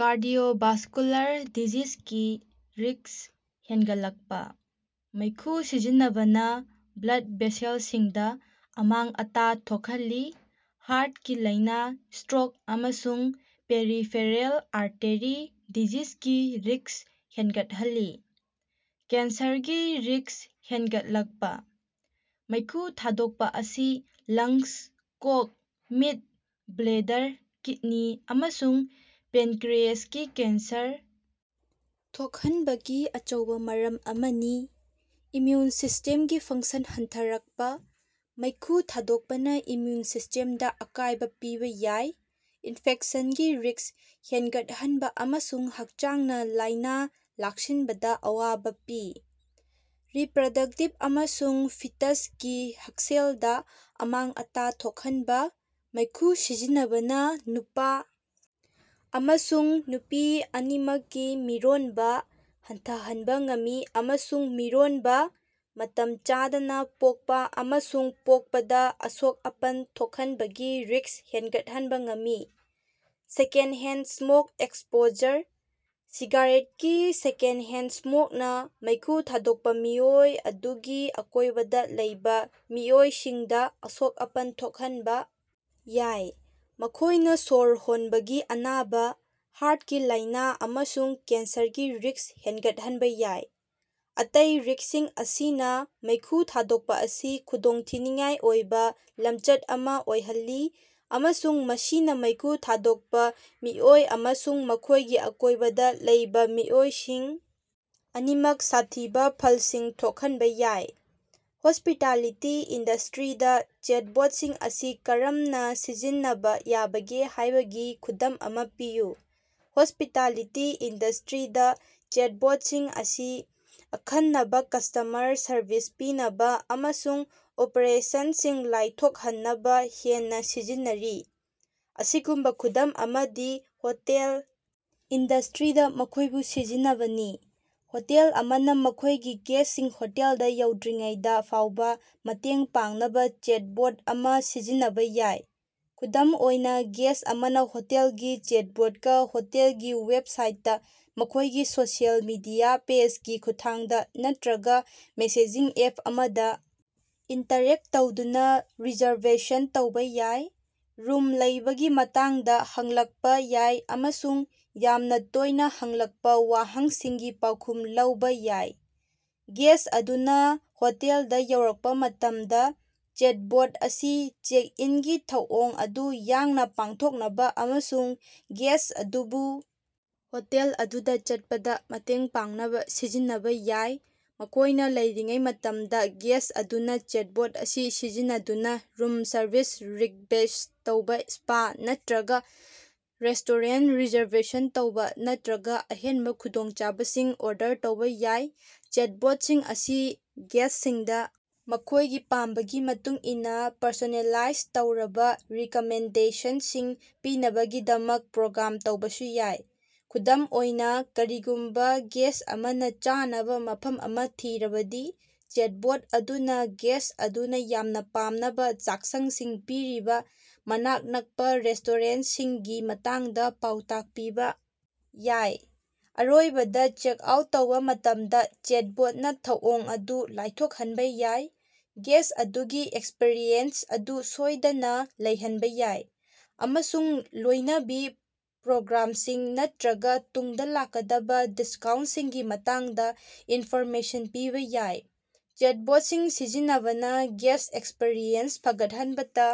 Cardiovascular ꯗꯤꯖꯤꯖꯒꯤ ꯔꯤꯛ꯭ꯁ ꯍꯦꯟꯒꯠꯂꯛꯄꯥ ꯃꯩꯈꯨ ꯁꯤꯖꯤꯟꯅꯕꯅ ꯕ꯭ꯂꯗ ꯚꯦꯁꯦꯜꯁꯤꯡꯗ ꯑꯃꯥꯡ-ꯑꯇꯥ ꯊꯣꯛꯍꯜꯂꯤ, ꯍꯥꯔꯠꯀꯤ ꯂꯥꯏꯅꯥ, ꯁ꯭ꯇꯔꯣꯛ ꯑꯃꯁꯨꯡ ꯄꯦꯔꯤꯐꯦꯔꯦꯜ ꯑꯥꯔꯇꯦꯔꯤ ꯗꯤꯖꯤꯖꯒꯤ ꯔꯤꯛ꯭ꯁ ꯍꯦꯟꯒꯠꯍꯜꯂꯤ꯫ ꯀꯦꯟꯁꯔꯒꯤ ꯔꯤꯛ꯭ꯁ ꯍꯦꯟꯒꯠꯂꯛꯄꯥ: ꯃꯩꯈꯨ ꯊꯥꯗꯣꯛꯄ ꯑꯁꯤ ꯂꯪꯁ, ꯀꯣꯛ, ꯃꯤꯠ, ꯕ꯭ꯂꯦꯗꯔ, ꯀꯤꯗꯅꯤ ꯑꯃꯁꯨꯡ ꯄꯦꯟꯀꯔꯤꯑꯦꯁꯀꯤ ꯀꯦꯟꯁꯔ ꯊꯣꯛꯍꯟꯕꯒꯤ ꯑꯆꯧꯕ ꯃꯔꯝ ꯑꯃꯅꯤ꯫ ꯏꯝꯃꯌꯨꯟ ꯁꯤꯁꯇꯦꯝꯒꯤ ꯐꯪꯁꯟ ꯍꯟꯊꯔꯛꯄꯥ ꯃꯩꯈꯨ ꯊꯥꯗꯣꯛꯄꯅ ꯏꯝꯃ꯭ꯌꯨꯟ ꯁꯤꯁꯇꯦꯝꯗ ꯑꯀꯥꯏꯕ ꯄꯤꯕ ꯌꯥꯏ, ꯏꯟꯐꯦꯛꯁꯟꯒꯤ ꯔꯤꯛ꯭ꯁ ꯍꯦꯟꯒꯠꯍꯟꯕ ꯑꯃꯁꯨꯡ ꯍꯛꯆꯥꯡꯅ ꯂꯥꯏꯅ ꯂꯥꯛꯁꯤꯟꯕꯗ ꯑꯋꯥꯕꯥ ꯄꯤ꯫ ꯔꯤꯄ꯭ꯔꯗꯛꯇꯤꯚ ꯑꯃꯁꯨꯡ ꯐꯤꯇꯁꯀꯤ ꯍꯛꯁꯦꯜꯗ ꯑꯃꯥꯡ ꯑꯇꯥ ꯊꯣꯛꯍꯟꯕꯥ ꯃꯩꯈꯨ ꯁꯤꯖꯤꯟꯅꯕꯅ ꯅꯨꯄꯥ ꯑꯃꯁꯨꯡ ꯅꯨꯄꯤ ꯑꯅꯤꯃꯛꯀꯤ ꯃꯤꯔꯣꯟꯕ ꯍꯟꯊꯍꯟꯕ ꯉꯝꯃꯤ ꯑꯃꯁꯨꯡ ꯃꯤꯔꯣꯟꯕꯥ, ꯃꯇꯝ ꯆꯥꯗꯅ ꯄꯣꯛꯄ ꯑꯃꯁꯨꯡ ꯄꯣꯛꯄꯗ ꯑꯁꯣꯛ-ꯑꯄꯟ ꯊꯣꯛꯍꯟꯕꯒꯤ ꯔꯤꯛ꯭ꯁ ꯍꯦꯟꯒꯠꯍꯟꯕ ꯉꯝꯃꯤ꯫ ꯁꯦꯀꯦꯟꯗꯍꯦꯟꯗ ꯁ꯭ꯃꯣꯛ ꯑꯦꯛꯁꯄꯣꯖꯔ: ꯁꯤꯒꯥꯔꯦꯠꯒꯤ ꯁꯦꯀꯦꯟꯗꯍꯦꯟꯗ ꯁ꯭ꯃꯣꯛꯅꯥ ꯃꯩꯈꯨ ꯊꯥꯗꯣꯛꯄ ꯃꯤꯑꯣꯏ ꯑꯗꯨꯒꯤ ꯑꯀꯣꯏꯕꯗ ꯂꯩꯕ ꯃꯤꯑꯣꯏꯁꯤꯡꯗ ꯑꯁꯣꯛ-ꯑꯄꯟ ꯊꯣꯛꯍꯟꯕ ꯌꯥꯏ, ꯃꯈꯣꯏꯅ ꯁ꯭ꯋꯔ ꯍꯣꯟꯕꯒꯤ ꯑꯅꯥꯕ, ꯍꯥꯔꯠꯀꯤ ꯂꯥꯏꯅ ꯑꯃꯁꯨꯡ ꯀꯦꯟꯁꯔꯒꯤ ꯔꯤꯛ꯭ꯁ ꯍꯦꯟꯒꯠꯍꯟꯕ ꯌꯥꯏ꯫ ꯑꯇꯩ ꯔꯤꯛꯁꯁꯤꯡ ꯑꯁꯤꯅ ꯃꯩꯈꯨ ꯊꯥꯗꯣꯛꯄ ꯑꯁꯤ ꯈꯨꯗꯣꯡꯊꯤꯅꯤꯉꯥꯏ ꯑꯣꯏꯕ ꯂꯝꯆꯠ ꯑꯃꯥ ꯑꯣꯏꯍꯜꯂꯤ ꯑꯃꯁꯨꯡ ꯃꯁꯤꯅ ꯃꯩꯈꯨ ꯊꯥꯗꯣꯛꯄ ꯃꯤꯑꯣꯏ ꯑꯃꯁꯨꯡ ꯃꯈꯣꯏꯒꯤ ꯑꯀꯣꯏꯕꯗ ꯂꯩꯕ ꯃꯤꯑꯣꯏꯁꯤꯡ ꯑꯅꯤꯃꯛ ꯁꯥꯊꯤꯕ ꯐꯜꯁꯤꯡ ꯊꯣꯛꯍꯟꯕ ꯌꯥꯏ꯫ ꯍꯣꯁ꯭ꯄꯤꯇꯥꯂꯤꯇꯤ ꯏꯟꯗꯁ꯭ꯇꯔꯤꯗ ꯆꯦꯠꯕꯣꯠꯁꯤꯡ ꯑꯁꯤ ꯀꯔꯝꯅ ꯁꯤꯖꯤꯟꯅꯕ ꯌꯥꯕꯒꯦ ꯍꯥꯏꯕꯒꯤ ꯈꯨꯗꯝ ꯑꯃꯥ ꯄꯤꯌꯨ꯫ ꯍꯣꯁ꯭ꯄꯤꯇꯥꯂꯤꯇꯤ ꯏꯟꯗꯁ꯭ꯇꯔꯤꯗꯥ ꯆꯦꯠꯕꯣꯠꯁꯤꯡ ꯑꯁꯤ ꯑꯈꯟꯅꯕ ꯀꯁꯇꯃꯔ ꯁꯔꯕꯤꯁ ꯄꯤꯅꯕ ꯑꯃꯁꯨꯡ ꯑꯣꯄꯔꯦꯁꯟꯁꯤꯡ ꯂꯥꯏꯊꯣꯛꯍꯟꯅꯕ ꯍꯦꯟꯅ ꯁꯤꯖꯤꯟꯅꯔꯤ꯫ ꯑꯁꯤꯒꯨꯝꯕ ꯈꯨꯗꯝ ꯑꯃꯗꯤ ꯍꯣꯇꯦꯜ ꯏꯟꯗꯁꯇ꯭ꯔꯤꯗ ꯃꯈꯣꯏꯕꯨ ꯁꯤꯖꯤꯟꯅꯕꯅꯤ꯫ ꯍꯣꯇꯦꯜ ꯑꯃꯅ ꯃꯈꯣꯏꯒꯤ ꯒꯦꯁ꯭ꯠꯁꯤꯡ ꯍꯣꯇꯦꯜꯗ ꯌꯧꯗ꯭ꯔꯤꯉꯩꯗ ꯐꯥꯎꯕ ꯃꯇꯦꯡ ꯄꯥꯡꯅꯕ ꯆꯦꯠꯕꯣꯠ ꯑꯃꯥ ꯁꯤꯖꯤꯟꯅꯕ ꯌꯥꯏ꯫ ꯈꯨꯗꯝ ꯑꯣꯏꯅ, ꯒꯦꯁ꯭ꯠ ꯑꯃꯅ ꯍꯣꯇꯦꯜꯒꯤ ꯆꯦꯠꯕꯣꯠꯀꯥ ꯍꯣꯇꯦꯜꯒꯤ ꯋꯦꯕꯁꯥꯏꯠꯇ, ꯃꯈꯣꯏꯒꯤ ꯁꯣꯁꯤꯑꯦꯜ ꯃꯤꯗꯤꯌꯥ ꯄꯦꯖꯒꯤ ꯈꯨꯠꯊꯥꯡꯗ ꯅꯠꯇ꯭ꯔꯒ ꯃꯦꯁꯦꯖꯤꯡ ꯑꯦꯞ ꯑꯃꯗ ꯏꯟꯇꯔꯦꯛ ꯇꯧꯗꯨꯅ ꯔꯤꯖꯔꯕꯦꯁꯟ ꯇꯧꯕ ꯌꯥꯏ, ꯔꯨꯝ ꯂꯩꯕꯒꯤ ꯃꯇꯥꯡꯗ ꯍꯪꯂꯛꯄꯥ ꯌꯥꯏ ꯑꯃꯁꯨꯡ ꯌꯥꯝꯅ ꯇꯣꯏꯅ ꯍꯪꯂꯛꯄ ꯋꯥꯍꯪꯁꯤꯡꯒꯤ ꯄꯥꯎꯈꯨꯝ ꯂꯧꯕꯥ ꯌꯥꯏ꯫ ꯒꯦꯁ꯭ꯠ ꯑꯗꯨꯅ ꯍꯣꯇꯦꯜꯗꯥ ꯌꯧꯔꯛꯄ ꯃꯇꯝꯗ, ꯆꯦꯠꯕꯣꯠ ꯑꯁꯤ ꯆꯦꯛ-ꯏꯟꯒꯤ ꯊꯧꯑꯣꯡ ꯑꯗꯨ ꯌꯥꯡꯅ ꯄꯥꯡꯊꯣꯛꯅꯕ ꯑꯃꯁꯨꯡ ꯒꯦꯁ꯭ꯠ ꯑꯗꯨꯕꯨ ꯍꯣꯇꯦꯜ ꯑꯗꯨꯗ ꯆꯠꯄꯗ ꯃꯇꯦꯡ ꯄꯥꯡꯅꯕ ꯁꯤꯖꯤꯟꯅꯕ ꯌꯥꯏ꯫ ꯃꯈꯣꯏꯅ ꯂꯩꯔꯤꯉꯩ ꯃꯇꯝꯗ, ꯒꯦꯁ꯭ꯠ ꯑꯗꯨꯅ ꯆꯦꯠꯕꯣꯠ ꯑꯁꯤ ꯁꯤꯖꯤꯟꯅꯗꯨꯅ ꯔꯨꯝ ꯁꯔꯚꯤꯁ ꯔꯤꯛꯕꯦꯁ꯭ꯠ ꯇꯧꯕ, ꯁ꯭ꯄꯥ ꯅꯠꯇ꯭ꯔꯒ ꯔꯦꯁ꯭ꯇꯣꯔꯦꯟ ꯔꯤꯖꯔꯕꯦꯁꯟ ꯇꯧꯕ ꯅꯠꯇ꯭ꯔꯒ ꯑꯍꯦꯟꯕ ꯈꯨꯗꯣꯡꯆꯥꯕꯁꯤꯡ ꯑꯣꯔꯗꯔ ꯇꯧꯕꯥ ꯌꯥꯏ꯫ ꯆꯦꯠꯕꯣꯠꯁꯤꯡ ꯑꯁꯤ ꯒꯦꯁ꯭ꯠꯁꯤꯡꯗ ꯃꯈꯣꯏꯒꯤ ꯄꯥꯝꯕꯒꯤ ꯃꯇꯨꯡꯏꯟꯅ ꯄꯔꯁꯣꯅꯦꯂꯥꯏꯖ ꯇꯧꯔꯕ ꯔꯤꯀꯃꯦꯟꯗꯦꯁꯟꯁꯤꯡ ꯄꯤꯅꯕꯒꯤꯗꯃꯛ ꯄ꯭ꯔꯣꯒ꯭ꯔꯥꯝ ꯇꯧꯕꯁꯨ ꯌꯥꯏ꯫ ꯈꯨꯗꯝ ꯑꯣꯏꯅꯥ, ꯀꯔꯤꯒꯨꯝꯕ ꯒꯦꯁ꯭ꯠ ꯑꯃꯅ ꯆꯥꯅꯕ ꯃꯐꯝ ꯑꯃ ꯊꯤꯔꯕꯗꯤ, ꯆꯦꯠꯕꯣꯠ ꯑꯗꯨꯅ ꯒꯦꯁ꯭ꯠ ꯑꯗꯨꯅ ꯌꯥꯝꯅ ꯄꯥꯝꯅꯕ ꯆꯥꯛꯁꯪꯁꯤꯡ ꯄꯤꯔꯤꯕ ꯃꯅꯥꯛ ꯅꯛꯄ ꯔꯦꯁꯇꯣꯔꯦꯟꯠꯁꯤꯡꯒꯤ ꯃꯇꯥꯡꯗ ꯄꯥꯎꯇꯥꯛ ꯄꯤꯕ ꯌꯥꯏ꯫ ꯑꯔꯣꯏꯕꯗ, ꯆꯦꯛꯑꯥꯎꯠ ꯇꯧꯕ ꯃꯇꯝꯗ, ꯆꯦꯠꯕꯣꯠꯅ ꯊꯧꯑꯣꯡ ꯑꯗꯨ ꯂꯥꯏꯊꯣꯛꯍꯟꯕ ꯌꯥꯏ, ꯒꯦꯁ꯭ꯠ ꯑꯗꯨꯒꯤ ꯑꯦꯛꯁꯄꯤꯔꯤꯑꯦꯟꯁ ꯑꯗꯨ ꯁꯣꯏꯗꯅ ꯂꯩꯍꯟꯕ ꯌꯥꯏ, ꯑꯃꯁꯨꯡ ꯂꯣꯏꯅꯕꯤ ꯄ꯭ꯔꯣꯒ꯭ꯔꯥꯝꯁꯤꯡ ꯅꯠꯇꯔꯒ ꯇꯨꯡꯗ ꯂꯥꯛꯀꯗꯕ ꯗꯤꯁꯀꯥꯎꯟꯠꯁꯤꯡꯒꯤ ꯃꯇꯥꯡꯗ ꯏꯟꯐꯣꯔꯃꯦꯁꯟ ꯄꯤꯕ ꯌꯥꯏ꯫ ꯆꯦꯠꯕꯣꯠꯁꯤꯡ ꯁꯤꯖꯤꯟꯅꯕꯅ ꯒꯦꯁ꯭ꯠ ꯑꯦꯛꯁꯄꯤꯔꯤꯑꯦꯟꯁ ꯐꯒꯠꯍꯟꯕꯇ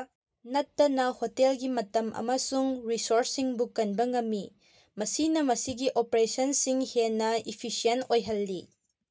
ꯅꯠꯇꯅ ꯍꯣꯇꯦꯜꯒꯤ ꯃꯇꯝ ꯑꯃꯁꯨꯡ ꯔꯤꯁꯣꯔꯁꯁꯤꯡꯁꯨ ꯀꯟꯕ ꯉꯝꯃꯤ, ꯃꯁꯤꯅ ꯃꯁꯤꯒꯤ ꯑꯣꯄꯔꯦꯁꯟꯁꯤꯡ ꯍꯦꯟꯅ ꯏꯐꯤꯁꯤꯌꯦꯟꯠ ꯑꯣꯏꯍꯜꯂꯤ꯫